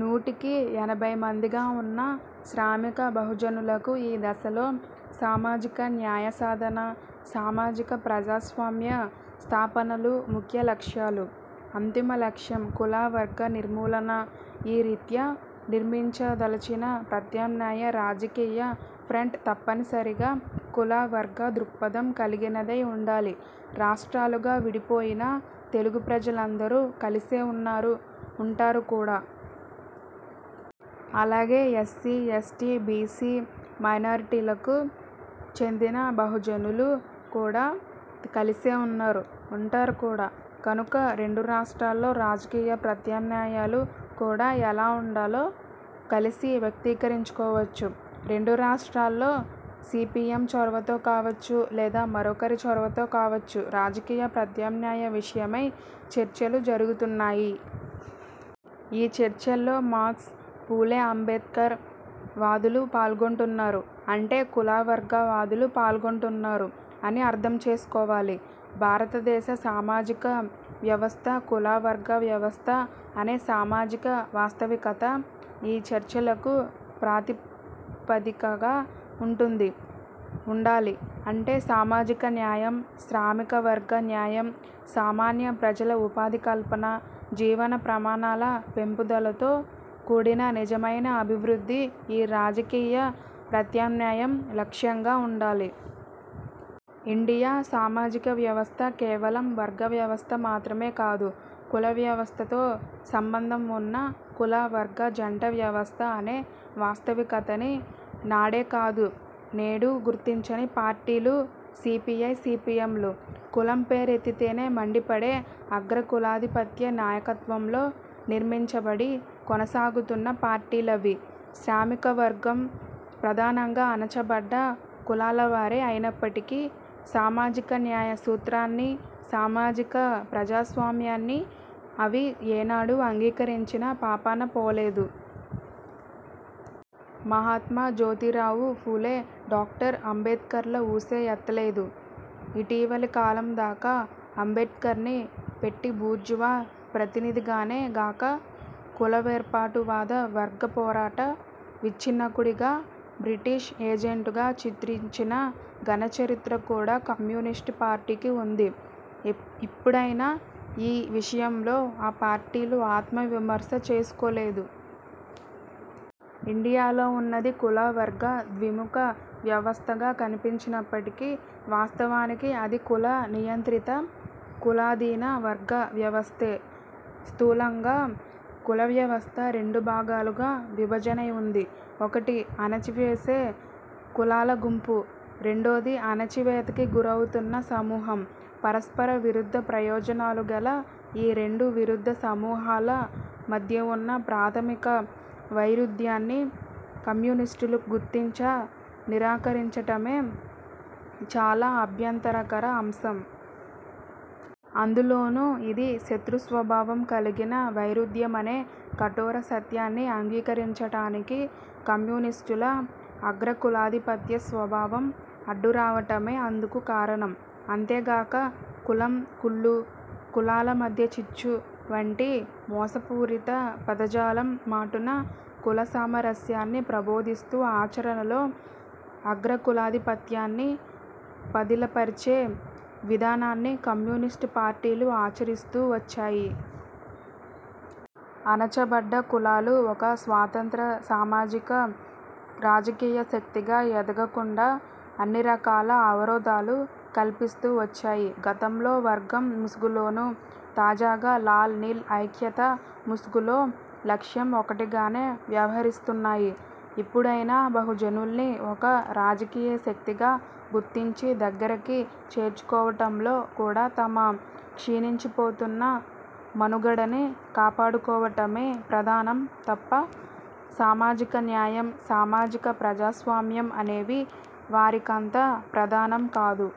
నూటికి ఎనభై మందిగా వున్న శ్రామిక బహుజనులకు ఈ దశలో సామాజిక న్యాయ సాధన, సామాజిక ప్రజాస్వామ్య స్థాపనలు ముఖ్య లక్ష్యాలు. అంతిమ లక్ష్యం, కుల-వర్గ నిర్మూలన. ఈ రీత్యా నిర్మించ దలచిన ప్రత్యామ్నాయ రాజకీయ ఫ్రంట్ తప్పనిసరిగా కుల-వర్గ దృక్పథం కలిగినదై వుండాలి. రాష్ట్రాలుగా విడిపోయినా, తెలుగు ప్రజలందరూ కలిసే ఉన్నారు, ఉంటారు కూడా. అలాగే, ఎస్సీ, ఎస్టీ, బీసీ, మైనార్టీలకు చెందిన బహుజనులు కూడా కలిసే ఉన్నారు, ఉంటారు కూడా. కనుక, రెండు రాష్ట్రాల్లో రాజకీయ ప్రత్యామ్నాయాలు కూడా ఎలా వుండాలో కలిసి వ్యక్తీకరించుకోవచ్చు. రెండు రాష్ట్రాల్లో సీపీఎం చొరవతో కావొచ్చు, లేదా మరొకరి చొరవతో కావచ్చు రాజకీయ ప్రత్యామ్నాయ విషయమై చర్చలు జరుగుతున్నాయి. ఈ చర్చల్లో మార్క్స్, ఫూలే– అంబేద్కర్ వాదులు పాల్గొంటొన్నారు. అంటే, కుల-వర్గ వాదులు పాల్గొంటున్నారు అని అర్థం చేసుకోవాలి. భారతదేశ సామాజిక వ్యవస్థ కుల-వర్గ వ్యవస్థ అనే సామాజిక వాస్తవికత ఈ చర్చలకు ప్రాతిపదికగా వుంటుంది. ఉండాలి. అంటే, సామాజిక న్యాయం, శ్రామిక వర్గ న్యాయం, సామాన్య ప్రజల ఉపాధి కల్పన, జీవన ప్రమాణాల పెంపుదలతో కూడిన నిజమైన అభివృద్ధి ఈ రాజకీయ ప్రత్యామ్నాయం లక్ష్యంగా వుండాలి. ఇండియా సామాజికవ్యవస్థ కేవలం వర్గ వ్యవస్థ మాత్రమే కాదు. కుల వ్యవస్థతో సంబంధం వున్న కుల–వర్గ జంట వ్యవస్థ అనే వాస్తవికతని, నాడే కాదు, నేడూ గుర్తించని పార్టీలు సీపీఐ, సీపీఎంలు. కులం పేరెత్తితేనే మండిపడే అగ్రకులాధిపత్య నాయకత్వంలో నిర్మించబడి, కొనసాగుతున్న పార్టీలవి. శ్రామికవర్గం ప్రధానంగా అణచబడ్డ కులాలవారే అయినప్పటికీ, సామాజికన్యాయ సూత్రాన్నీ, సామాజిక ప్రజాస్వామ్యాన్నీ అవి ఏనాడూ అంగీకరించిన పాపానపోలేదు. మహాత్మ జోతిరావు ఫూలే – డాక్టర్ అంబేడ్కర్ల ఊసే ఎత్తలేదు. ఇటీవలి కాలందాకా అంబేడ్కర్ని పెట్టి బూర్జువా ప్రతినిధిగానే గాక, కులవేర్పాటువాద వర్గపోరాట విచ్ఛిన్నకుడిగా, బ్రిటిష్ ఏజెంటుగా చిత్రించిన ఘన చరిత్ర కూడా కమ్యూనిస్టు పార్టీకి వుంది. ఇప్పుడైనా ఈ విషయంలో ఆ పార్టీలు ఆత్మవిమర్శ చేసుకోలేదు. ఇండియాలో వున్నది కుల–వర్గ ద్విముఖ వ్యవస్థగా కనిపించినప్పటికీ, వాస్తవానికి అది కుల నియంత్రిత, కులాధీన వర్గ వ్యవస్థే. స్థూలంగా కులవ్యవస్థ రెండు భాగాలుగా విభజనై వుంది. ఒకటి, అణచివేసే కులాల గుంపు – రెండోది, అణచవేతకి గురవుతున్న సమూహం. పరస్పర విరుద్ధ ప్రయోజనాలు గల ఈ రెండు విరుద్ధ సమూహాల మధ్యవున్న ప్రాథమిక వైరుధ్యాన్ని కమ్యూనిస్టులు గుర్తించ నిరాకరించటమే చాలా అభ్యంతరకర అంశం. అందులోనూ, ఇది శత్రుస్వభావం కలిగిన వైరుధ్యమనే కఠోర సత్యాన్ని అంగీకరించటానికి కమ్యూనిస్టుల అగ్రకులాధిపత్య స్వభావం అడ్డురావటమే అందుకు కారణం. అంతేగాక, 'కులం కుళ్లు', 'కులాల మధ్య చిచ్చు' వంటి మోసపూరిత పదజాలం మాటున కులసామరస్యాన్ని ప్రబోధిస్తూ ఆచరణలో అగ్రకులాధిపత్యాన్ని పదిలపర్చే విధానాన్ని కమ్యూనిస్టు పార్టీలు ఆచరిస్తూ వచ్చాయి. అణచబడ్డ కులాలు ఒక స్వతంత్ర సామాజిక రాజకీయ శక్తిగా ఎదగకుండా అన్నిరకాల అవరోధాలూ కల్పిస్తూ వచ్చాయి. గతంలో వర్గం ముసుగులోనూ, తాజాగా 'లాల్–నీల్' ఐక్యత ముసుగులో లక్ష్యం ఒకటిగానే వ్యవహరిస్తున్నాయి. ఇప్పుడైనా బహుజనుల్ని ఒక రాజకీయశక్తిగా గుర్తించి దగ్గరికి చేర్చుకోవటంలో కూడా తమ క్షీణించిపోతోన్న మనుగడని కాపాడుకోవటమే ప్రధానం తప్ప, సామాజిక న్యాయం, సామాజిక ప్రజాస్వామ్యం అనేవి వారికంత ప్రధానం కాదు.